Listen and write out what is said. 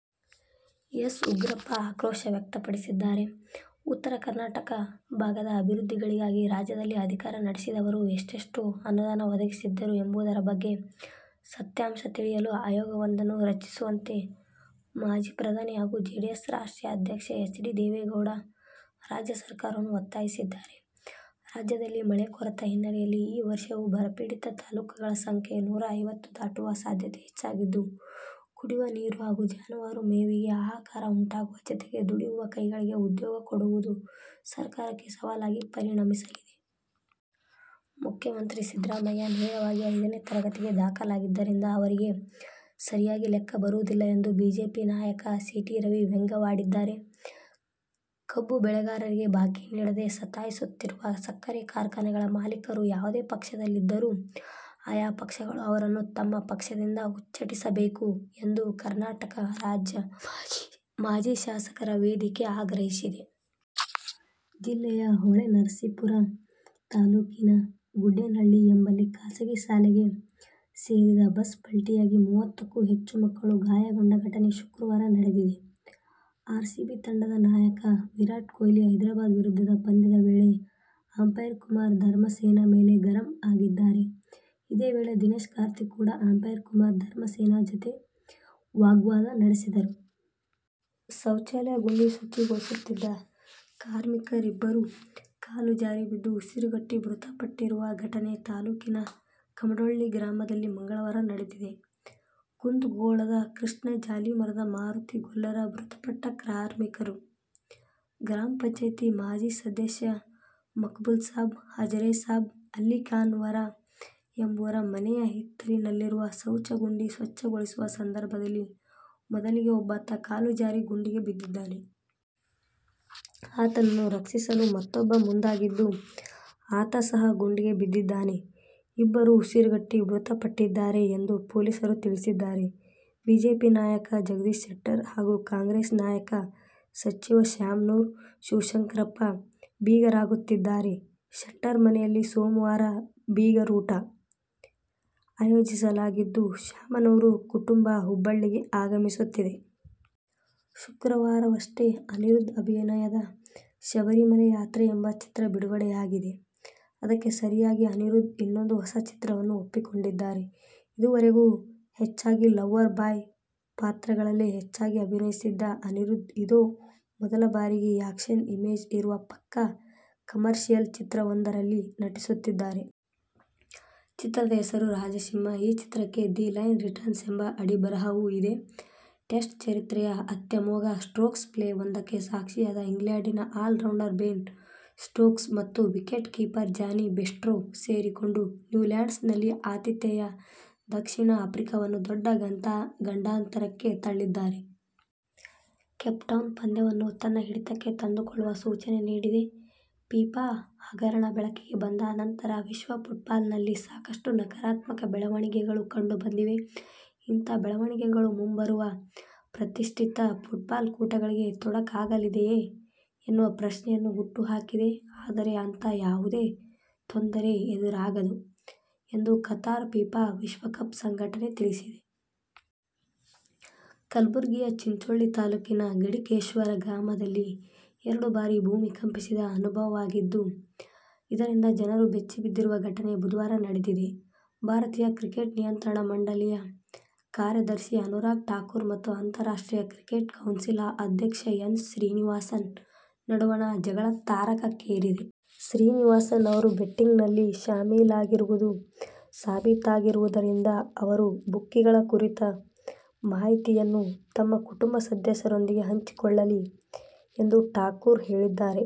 S. Ugrappa ಆಕ್ರೋಶ ವ್ಯಕ್ತಪಡಿಸಿದ್ದಾರೆ. ಉತ್ತರ ಕರ್ನಾಟಕ ಭಾಗದ ಅಭಿವೃದ್ಧಿಗಳಿಗಾಗಿ ರಾಜ್ಯದಲ್ಲಿ ಅಧಿಕಾರ ನಡೆಸಿದವರು ಎಷ್ಟೆಷ್ಟು ಅನುದಾನ ಒದಗಿಸಿದ್ದರು ಎಂಬುದರ ಬಗ್ಗೆ ಸತ್ಯಾಂಶ ತಿಳಿಯಲು ಆಯೋಗವೊಂದನ್ನು ರಚಿಸುವಂತೆ ಮಾಜಿ ಪ್ರಧಾನಿ ಹಾಗೂ ಜೆಡಿಎಸ್ ರಾಷ್ಟ್ರೀಯ ಅಧ್ಯಕ್ಷ ಎಚ್. ಡಿ. ದೇವೇಗೌಡ ರಾಜ್ಯ ಸರ್ಕಾರವನ್ನು ಒತ್ತಾಯಿಸಿದ್ದಾರೆ. ರಾಜ್ಯದಲ್ಲಿ ಮಳೆ ಕೊರತೆ ಹಿನ್ನೆಲೆಯಲ್ಲಿ ಈ ವರ್ಷವೂ ಬರಪೀಡಿತ ತಾಲೂಕುಗಳ ಸಂಖ್ಯೆ ನೂರಾ ಐವತ್ತು ದಾಟುವ ಸಾಧ್ಯತೆ ಹೆಚ್ಚಾಗಿದ್ದು, ಕುಡಿಯುವ ನೀರು ಹಾಗೂ ಜಾನುವಾರು ಮೇವಿಗೆ ಹಾಹಾಕಾರ ಉಂಟಾಗುವ ಜತೆಗೆ ದುಡಿಯುವ ಕೈಗಳಿಗೆ ಉದ್ಯೋಗ ಕೊಡುವುದು ಸರ್ಕಾರಕ್ಕೆ ಸವಾಲಾಗಿ ಪರಿಣಮಿಸಲಿದೆ. ಮುಖ್ಯಮಂತ್ರಿ ಸಿದ್ದರಾಮಯ್ಯ ನೇರವಾಗಿ ಐದನೇ ತರಗತಿಗೆ ದಾಖಲಾಗಿದ್ದರಿಂದ ಅವರಿಗೆ ಸರಿಯಾಗಿ ಲೆಕ್ಕಬರುವುದಿಲ್ಲ ಎಂದು ಬಿಜೆಪಿ ನಾಯಕ ಸಿ. ಟಿ. ರವಿ ವ್ಯಂಗ್ಯವಾಡಿದ್ದಾರೆ. ಕಬ್ಬು ಬೆಳೆಗಾರರಿಗೆ ಬಾಕಿ ನೀಡದೆ ಸತಾಯಿಸುತ್ತಿರುವ ಸಕ್ಕರೆ ಕಾರ್ಖಾನೆಗಳ ಮಾಲೀಕರು ಯಾವುದೇ ಪಕ್ಷದಲ್ಲಿದ್ದರೂ ಆಯಾ ಪಕ್ಷಗಳು ಅವರನ್ನು ತಮ್ಮ ಪಕ್ಷದಿಂದ ಉಚ್ಚಾಟಿಸಬೇಕು ಎಂದು ಕರ್ನಾಟಕ ರಾಜ್ಯ ಮಾಜಿ ಶಾಸಕರ ವೇದಿಕೆ ಆಗ್ರಹಿಸಿದೆ. ಜಿಲ್ಲೆಯ ಹೊಳೆನರಸಿಪುರ ತಾಲೂಕಿನ ಗುಡ್ಡೇನಹಳ್ಳಿ ಎಂಬಲ್ಲಿಖಾಸಗಿ ಶಾಲೆಗೆ ಸೇರಿದ ಬಸ್ ಪಲ್ಟಿಯಾಗಿ ಮುವತ್ತು ಕ್ಕೂ ಹೆಚ್ಚು ಮಕ್ಕಳು ಗಾಯಗೊಂಡ ಘಟನೆ ಶುಕ್ರವಾರ ನಡೆದಿದೆ. ಆರ್ಸಿಬಿ ತಂಡದ ನಾಯಕ ವಿರಾಟ್ ಕೊಹ್ಲಿ ಹೈದ್ರಾಬಾದ್ ವಿರುದ್ಧದ ಪಂದ್ಯದ ವೇಳೆ ಅಂಪೈರ್ ಕುಮಾರ ಧರ್ಮಸೇನಾ ಮೇಲೆ ಗರಂ ಆಗಿದ್ದಾರೆ. ಇದೇ ವೇಳೆ ದಿನೇಶ್ ಕಾರ್ತಿಕ್ ಕೂಡ ಅಂಪೈರ್ ಕುಮಾರ ಧರ್ಮಸೇನಾ ಜತೆ ವಾಗ್ವಾದ ನಡೆಸಿದರು. ಶೌಚಾಲಯ ಗುಂಡಿ ಶುಚಿಗೊಳಿಸುತ್ತಿದ್ದ ಕಾರ್ಮಿಕರಿಬ್ಬರು ಕಾಲುಜಾರಿ ಬಿದ್ದು ಉಸಿರುಗಟ್ಟಿ ಮೃತಪಟ್ಟಿರುವ ಘಟನೆ ತಾಲೂಕಿನ ಕಮಡೊಳ್ಳಿ ಗ್ರಾಮದಲ್ಲಿ ಮಂಗಳವಾರ ನಡೆದಿದೆ. ಕುಂದಗೋಳದ ಕೃಷ್ಣ ಜಾಲಿಮರದ, ಮಾರುತಿ ಗೊಲ್ಲರ ಮೃತಪಟ್ಟ ಕಾರ್ಮಿಕರು. ಗ್ರಾಪಂ ಮಾಜಿ ಸದಸ್ಯ ಮಕಬುಲ್ಸಾಬ ಹಜರೇಸಾಬ ಅಲ್ಲಿಖಾನವರ ಎಂಬುವರ ಮನೆಯ ಹಿತ್ತಲಿನಲ್ಲಿರುವ ಶೌಚ ಗುಂಡಿ ಸ್ವತ್ಛಗೊಳಿಸುವ ಸಂದರ್ಭದಲ್ಲಿ ಮೊದಲಿಗೆ ಒಬ್ಟಾತ ಕಾಲುಜಾರಿ ಗುಂಡಿಗೆ ಬಿದ್ದಿದ್ದಾನೆ. ಆತನನ್ನು ರಕ್ಷಿಸಲು ಮತ್ತೂಬ್ಬ ಮುಂದಾಗಿದ್ದು, ಆತ ಸಹ ಗುಂಡಿಗೆ ಬಿದ್ದಿದ್ದಾನೆ. ಇಬ್ಬರೂ ಉಸಿರುಗಟ್ಟಿ ಮೃತಪಟ್ಟಿದ್ದಾರೆ ಎಂದು ಪೊಲೀಸರು ತಿಳಿಸಿದ್ದಾರೆ. ಬಿಜೆಪಿ ನಾಯಕ ಜಗದೀಶ ಶೆಟ್ಟರ್ ಹಾಗೂ ಕಾಂಗ್ರೆಸ್ ನಾಯಕ, ಸಚಿವ ಶಾಮನೂರು ಶಿವಶಂಕರಪ್ಪ ಬೀಗರಾಗುತ್ತಿದ್ದಾರೆ. ಶೆಟ್ಟರ್ ಮನೆಯಲ್ಲಿ ಸೋಮವಾರ ಬೀಗರೂಟ ಆಯೋಜಿಸಲಾಗಿದ್ದು, ಶಾಮನೂರು ಕುಟುಂಬ ಹುಬ್ಬಳ್ಳಿಗೆ ಆಗಮಿಸುತ್ತಿದೆ. ಶುಕ್ರವಾರವಷ್ಟೇ ಅನಿರುದ್ಧ್ ಅಭಿನಯದ ಶಬರಿಮಲೆ ಯಾತ್ರೆ ಎಂಬ ಚಿತ್ರ ಬಿಡುಗಡೆಯಾಗಿದೆ. ಅದಕ್ಕೆ ಸರಿಯಾಗಿ ಅನಿರುದ್ಧ್ ಇನ್ನೊಂದು ಹೊಸ ಚಿತ್ರವನ್ನು ಒಪ್ಪಿಕೊಂಡಿದ್ದಾರೆ. ಇದುವರೆಗೂ ಹೆಚ್ಚಾಗಿ ಲವ್ವರ್ ಬಾಯ್ ಪಾತ್ರಗಳಲ್ಲೇ ಹೆಚ್ಚಾಗಿ ಅಭಿನಯಿಸಿದ್ದ ಅನಿರುದ್ಧ್, ಇದೋ ಮೊದಲ ಬಾರಿಗೆ ಆ್ಯಕ್ಷನ್ ಇಮೇಜ್ ಇರುವ ಪಕ್ಕಾ ಕಮರ್ಷಿಯಲ್ ಚಿತ್ರವೊಂದರಲ್ಲಿ ನಟಿಸುತ್ತಿದ್ದಾರೆ. ಚಿತ್ರದ ಹೆಸರು ರಾಜ ಸಿಂಹ. ಈ ಚಿತ್ರಕ್ಕೆ ದಿ ಲೈನ್ ರಿಟರ್ನ್ಸ್ ಎಂಬ ಅಡಿಬರಹವೂ ಇದೆ. ಟೆಸ್ಟ್ ಚರಿತ್ರೆಯ ಅತ್ಯಮೋಘ ಸ್ಟ್ರೋಕ್ಸ್ ಪ್ಲೇ ಒಂದಕ್ಕೆ ಸಾಕ್ಷಿಯಾದ ಇಂಗ್ಲೆಂಡಿನ ಆಲ್ರೌಂಡರ್ ಬೆನ್ ಸ್ಟೋಕ್ಸ್ ಮತ್ತು ವಿಕೆಟ್ ಕೀಪರ್ ಜಾನಿ ಬೇರ್ಸ್ಟೊ ಸೇರಿಕೊಂಡು ನ್ಯೂಲ್ಯಾಂಡ್ಸ್ ನಲ್ಲಿ ಆತಿಥೇಯ ದಕ್ಷಿಣ ಆಫ್ರಿಕಾವನ್ನು ದೊಡ್ಡ ಗಂಡಾಂತರಕ್ಕೆ ತಳ್ಳಿದ್ದಾರೆ. ಕೇಪ್ಟೌನ್ ಪಂದ್ಯವನ್ನೂ ತನ್ನ ಹಿಡಿತಕ್ಕೆ ತಂದುಕೊಳ್ಳುವ ಸೂಚನೆ ನೀಡಿದೆ. ಫಿಫಾ ಹಗರಣ ಬೆಳಕಿಗೆ ಬಂದ ಅನಂತರ ವಿಶ್ವ ಫುಟ್ಬಾಲ್ನಲ್ಲಿ ಸಾಕಷ್ಟು ನಕಾರಾತ್ಮಕ ಬೆಳವಣಿಗೆಗಳು ಕಂಡುಬಂದಿವೆ. ಇಂಥ ಬೆಳವಣಿಗೆಗಳು ಮುಂಬರುವ ಪ್ರತಿಷ್ಠಿತ ಫುಟ್ಬಾಲ್ ಕೂಟಗಳಿಗೆ ತೊಡಕಾಗಲಿದೆಯೇ ಎನ್ನುವ ಪ್ರಶ್ನೆಯನ್ನು ಹುಟ್ಟು ಹಾಕಿದೆ. ಆದರೆ ಅಂಥ ಯಾವುದೇ ತೊಂದರೆ ಎದುರಾಗದು ಎಂದು ಕತಾರ್ ಫಿಫಾ ವಿಶ್ವಕಪ್ ಸಂಘಟನೆ ತಿಳಿಸಿದೆ. ಕಲಬುರಗಿಯ ಚಿಂಚೋಳಿ ತಾಲೂಕಿನ ಗಡಿಕೇಶ್ವರ ಗ್ರಾಮದಲ್ಲಿ ಎರಡು ಬಾರಿ ಭೂಮಿ ಕಂಪಿಸಿದ ಅನುಭವವಾಗಿದ್ದು, ಇದರಿಂದ ಜನರು ಬೆಚ್ಚಿಬಿದ್ದಿರುವ ಘಟನೆ ಬುಧವಾರ ನಡೆದಿದೆ. ಭಾರತೀಯ ಕ್ರಿಕೆಟ್ ನಿಯಂತ್ರಣ ಮಂಡಲಿಯ ಕಾರ್ಯದರ್ಶಿ ಅನುರಾಗ್ ಠಾಕೂರ್ ಮತ್ತು ಅಂತಾರಾಷ್ಟ್ರೀಯ ಕ್ರಿಕೆಟ್ ಕೌನ್ಸಿಲ್ ಅಧ್ಯಕ್ಷ ಎನ್. ಶ್ರೀನಿವಾಸನ್ ನಡುವಣ ಜಗಳ ತಾರಕಕ್ಕೇರಿದೆ. ಶ್ರೀನಿವಾಸನ್ ಅವರು ಬೆಟ್ಟಿಂಗ್ನಲ್ಲಿ ಶಾಮೀಲಾಗಿರುವುದು ಸಾಬೀತಾಗಿರುವುದರಿಂದ ಅವರು ಬುಕ್ಕಿಗಳ ಕುರಿತ ಮಾಹಿತಿಯನ್ನು ತಮ್ಮ ಕುಟುಂಬ ಸದಸ್ಯರೊಂದಿಗೆ ಹಂಚಿಕೊಳ್ಳಲಿ ಎಂದು ಠಾಕೂರ್ ಹೇಳಿದ್ದಾರೆ.